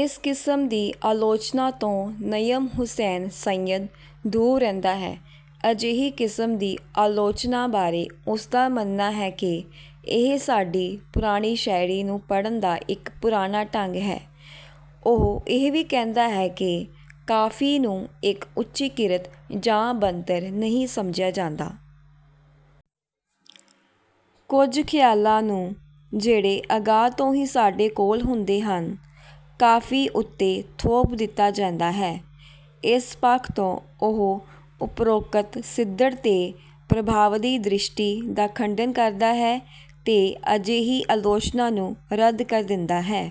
ਇਸ ਕਿਸਮ ਦੀ ਆਲੋਚਨਾ ਤੋਂ ਨਜਮ ਹੁਸੈਨ ਸੱਯਦ ਦੂਰ ਰਹਿੰਦਾ ਹੈ। ਅਜਿਹੀ ਕਿਸਮ ਦੀ ਆਲੋਚਨਾ ਬਾਰੇ ਉਸਦਾ ਮੰਨਣਾ ਹੈ ਕਿ, ਇਹ ਸਾਡੀ ਪੁਰਾਣੀ ਸ਼ਾਇਰੀ ਨੂੰ ਪੜ੍ਹਨ ਦਾ ਇੱਕ ਪੁਰਾਣਾ ਢੰਗ ਹੈ। ਉਹ ਇਹ ਵੀ ਕਹਿੰਦਾ ਹੈ ਕਿ ਕਾਫ਼ੀ ਨੂੰ ਇੱਕ ਉੱਚੀ ਕਿਰਤ ਜਾਂ ਬਣਤਰ ਨਹੀਂ ਸਮਝਿਆ ਜਾਂਦਾ। ਕੁਝ ਖਿਆਲਾਂ ਨੂੰ, ਜਿਹੜੇ ਅਗਾਂ ਤੋਂ ਹੀ ਸਾਡੇ ਕੋਲ ਹੁੰਦੇ ਹਨ, ਕਾਫ਼ੀ ਉੱਤੇ ਥੋਪ ਦਿੱਤਾ ਜਾਂਦਾ ਹੈ। ਇਸ ਪੱਖ ਤੋਂ ਉਹ ਉਪਰੋਕਤ ਸਿੱਧੜ ਤੇ ਪ੍ਰਭਾਵਾਦੀ ਦ੍ਰਿਸ਼ਟੀ ਦਾ ਖੰਡਨ ਕਰਦਾ ਹੈ ਤੇ ਅਜਿਹੀ ਆਲੋਚਨਾ ਨੂੰ ਰੱਦ ਕਰ ਦਿੰਦਾ ਹੈ।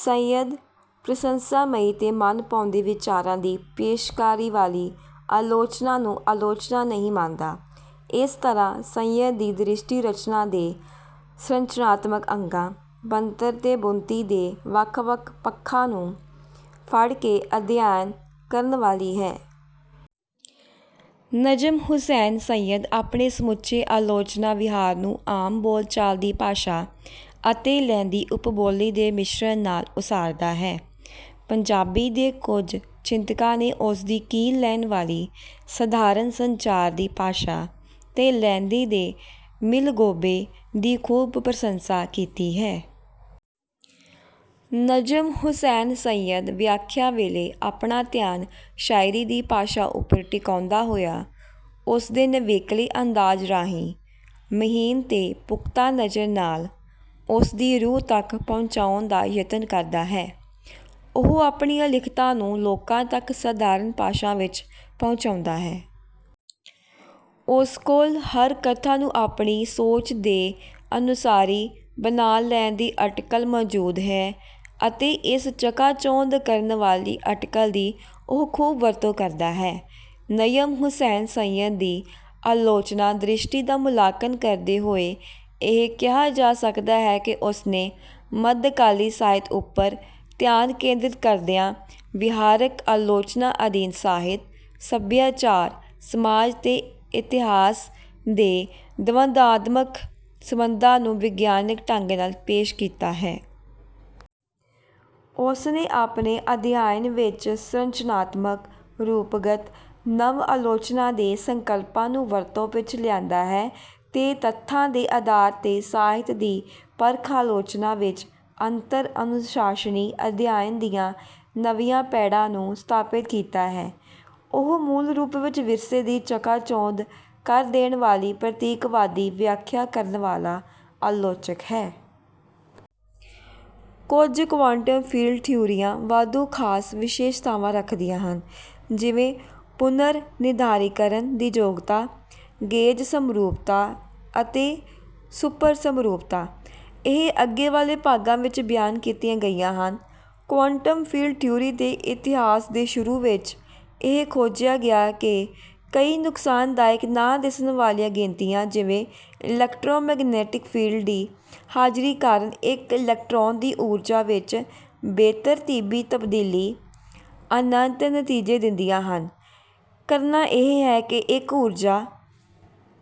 ਸੱਯਦ ਪ੍ਰਸੰਸਾਮਈ ਤੇ ਮਨਭਾਉਂਦੇ ਵਿਚਾਰਾਂ ਦੀ ਪੇਸ਼ਕਾਰੀ ਵਾਲੀ ਆਲੋਚਨਾ ਨੂੰ ਆਲੋਚਨਾ ਨਹੀਂ ਮੰਨਦਾ। ਇਸ ਤਰ੍ਹਾਂ ਸੱਯਦ ਦੀ ਦ੍ਰਿਸ਼ਟੀ ਰਚਨਾ ਦੇ ਸੰਰਚਨਾਤਮਕ ਅੰਗਾਂ, ਬਣਤਰ ਤੇ ਬੁਣਤੀ ਦੇ ਵੱਖ-ਵੱਖ ਪੱਖਾਂ ਨੂੰ ਫੜ੍ਹ ਕੇ ਅਧਿਐਨ ਕਰਨ ਵਾਲੀ ਹੈ। ਨਜਮ ਹੁਸੈਨ ਸੱਯਦ ਆਪਣੇ ਸਮੁੱਚੇ ਆਲੋਚਨਾ ਵਿਹਾਰ ਨੂੰ ਆਮ ਬੋਲ-ਚਾਲ ਦੀ ਭਾਸ਼ਾ ਅਤੇ ਲਹਿੰਦੀ ਉਪਬੋਲੀ ਦੇ ਮਿਸ਼ਰਨ ਨਾਲ ਉਸਾਰਦਾ ਹੈ। ਪੰਜਾਬੀ ਦੇ ਕੁਝ ਚਿੰਤਕਾਂ ਨੇ ਉਸ ਦੀ ਕੀਲ ਲੈਣ ਵਾਲੀ ਸਧਾਰਨ ਸੰਚਾਰ ਦੀ ਭਾਸ਼ਾ ਤੇ ਲਹਿੰਦੀ ਦੇ ਮਿਲਗੋਭੇ ਦੀ ਖੂਬ ਪ੍ਰਸੰਸਾ ਕੀਤੀ ਹੈ। ਨਜਮ ਹੁਸੈਨ ਸੱਯਦ ਵਿਆਖਿਆ ਵੇਲੇ ਆਪਣਾ ਧਿਆਨ ਸ਼ਾਇਰੀ ਦੀ ਭਾਸ਼ਾ ਉੱਪਰ ਟਿਕਾਉਂਦਾ ਹੋਇਆ, ਉਸਦੇ ਨਵੇਕਲੇ ਅੰਦਾਜ਼ ਰਾਹੀਂ, ਮਹੀਨ ਤੇ ਪੁਖਤਾ ਨਜ਼ਰ ਨਾਲ, ਉਸ ਦੀ ਰੂਹ ਤੱਕ ਪਹੁੰਚਣ ਦਾ ਯਤਨ ਕਰਦਾ ਹੈ। ਉਹ ਆਪਣੀਆਂ ਲਿਖਤਾਂ ਨੂੰ ਲੋਕਾਂ ਤੱਕ ਸਾਧਾਰਨ ਭਾਸ਼ਾ ਵਿੱਚ ਪਹੁੰਚਾਉਂਦਾ ਹੈ। ਉਸ ਕੋਲ ਹਰ ਕਥਾ ਨੂੰ ਆਪਣੀ ਸੋਚ ਦੇ ਅਨੁਸਾਰੀ ਬਣਾ ਲੈਣ ਦੀ ਅਟਕਲ ਮੌਜੂਦ ਹੈ, ਅਤੇ ਇਸ ਚਕਾਚੌਂਧ ਕਰਨ ਵਾਲੀ ਅਟਕਲ ਦੀ ਉਹ ਖੂਬ ਵਰਤੋਂ ਕਰਦਾ ਹੈ। ਨਜਮ ਹੁਸੈਨ ਸੱਯਦ ਦੀ ਆਲੋਚਨਾ ਦ੍ਰਿਸ਼ਟੀ ਦਾ ਮੁਲਾਂਕਣ ਕਰਦੇ ਹੋਏ ਇਹ ਕਿਹਾ ਜਾ ਸਕਦਾ ਹੈ ਕਿ ਉਸਨੇ ਮੱਧਕਾਲੀ ਸਾਹਿਤ ਉੱਪਰ ਧਿਆਨ ਕੇਂਦਰਿਤ ਕਰਦਿਆਂ ਵਿਹਾਰਕ ਆਲੋਚਨਾ ਅਧੀਨ ਸਾਹਿਤ, ਸਭਿਆਚਾਰ, ਸਮਾਜ ਤੇ ਇਤਿਹਾਸ ਦੇ ਦਵੰਦਾਤਮਕ ਸੰਬੰਧਾਂ ਨੂੰ ਵਿਗਿਆਨਕ ਢੰਗ ਨਾਲ ਪੇਸ਼ ਕੀਤਾ ਹੈ। ਉਸਨੇ ਆਪਣੇ ਅਧਿਐਨ ਵਿੱਚ ਸੰਰਚਨਾਤਮਕ, ਰੂਪਗਤ, ਨਵ-ਆਲੋਚਨਾ ਦੇ ਸੰਕਲਪਾਂ ਨੂੰ ਵਰਤੋਂ ਵਿੱਚ ਲਿਆਂਦਾ ਹੈ ਤੇ ਤੱਥਾਂ ਦੇ ਆਧਾਰ ਤੇ ਸਾਹਿਤ ਦੀ ਪਰਖ-ਆਲੋਚਨਾ ਵਿੱਚ ਅੰਤਰ-ਅਨੁਸ਼ਾਸਨੀ ਅਧਿਐਨ ਦੀਆਂ ਨਵੀਆਂ ਪੈੜਾਂ ਨੂੰ ਸਥਾਪਿਤ ਕੀਤਾ ਹੈ। ਉਹ ਮੂਲ ਰੂਪ ਵਿੱਚ ਵਿਰਸੇ ਦੀ ਚਕਾਚੌਂਧ ਕਰ ਦੇਣ ਵਾਲੀ ਪ੍ਰਤੀਕਵਾਦੀ ਵਿਆਖਿਆ ਕਰਨ ਵਾਲਾ ਆਲੋਚਕ ਹੈ। ਕੁਝ ਕੁਆਂਟਮ ਫੀਲਡ ਥਿਊਰੀਆਂ, ਵਾਧੂ ਖਾਸ ਵਿਸ਼ੇਸ਼ਤਾਵਾਂ ਰੱਖਦੀਆਂ ਹਨ, ਜਿਵੇਂ ਪੁਨਰ-ਨਿਰਧਾਰੀਕਰਨ ਦੀ ਯੋਗਤਾ, ਗੇਜ ਸਮਰੂਪਤਾ, ਅਤੇ ਸੁਪਰ ਸਮਰੂਪਤਾ। ਇਹ ਅੱਗੇ ਵਾਲੇ ਭਾਗਾਂ ਵਿੱਚ ਬਿਆਨ ਕੀਤੀਆਂ ਗਈਆਂ ਹਨ। ਕੁਆਂਟਮ ਫੀਲਡ ਥਿਊਰੀ ਦੇ ਇਤਿਹਾਸ ਦੇ ਸ਼ੁਰੂ ਵਿੱਚ, ਇਹ ਖੋਜਿਆ ਗਿਆ ਕਿ ਕਈ ਨੁਕਸਾਨਦਾਇਕ ਨਾ ਦਿਸਣ ਵਾਲੀਆਂ ਗਿਣਤੀਆਂ, ਜਿਵੇਂ ਇਲੈਕਟ੍ਰੋਮੈਗਨੈਟਿਕ ਫੀਲਡ ਦੀ ਹਾਜ਼ਰੀ ਕਾਰਨ ਇੱਕ ਇਲੈਕਟ੍ਰੋਨ ਦੀ ਊਰਜਾ ਵਿੱਚ ਬੇਤਰਤੀਬੀ ਤਬਦੀਲੀ, ਅਨੰਤ ਨਤੀਜੇ ਦਿੰਦੀਆਂ ਹਨ। ਕਰਨਾ ਇਹ ਹੈ ਕਿ ਇੱਕ ਊਰਜਾ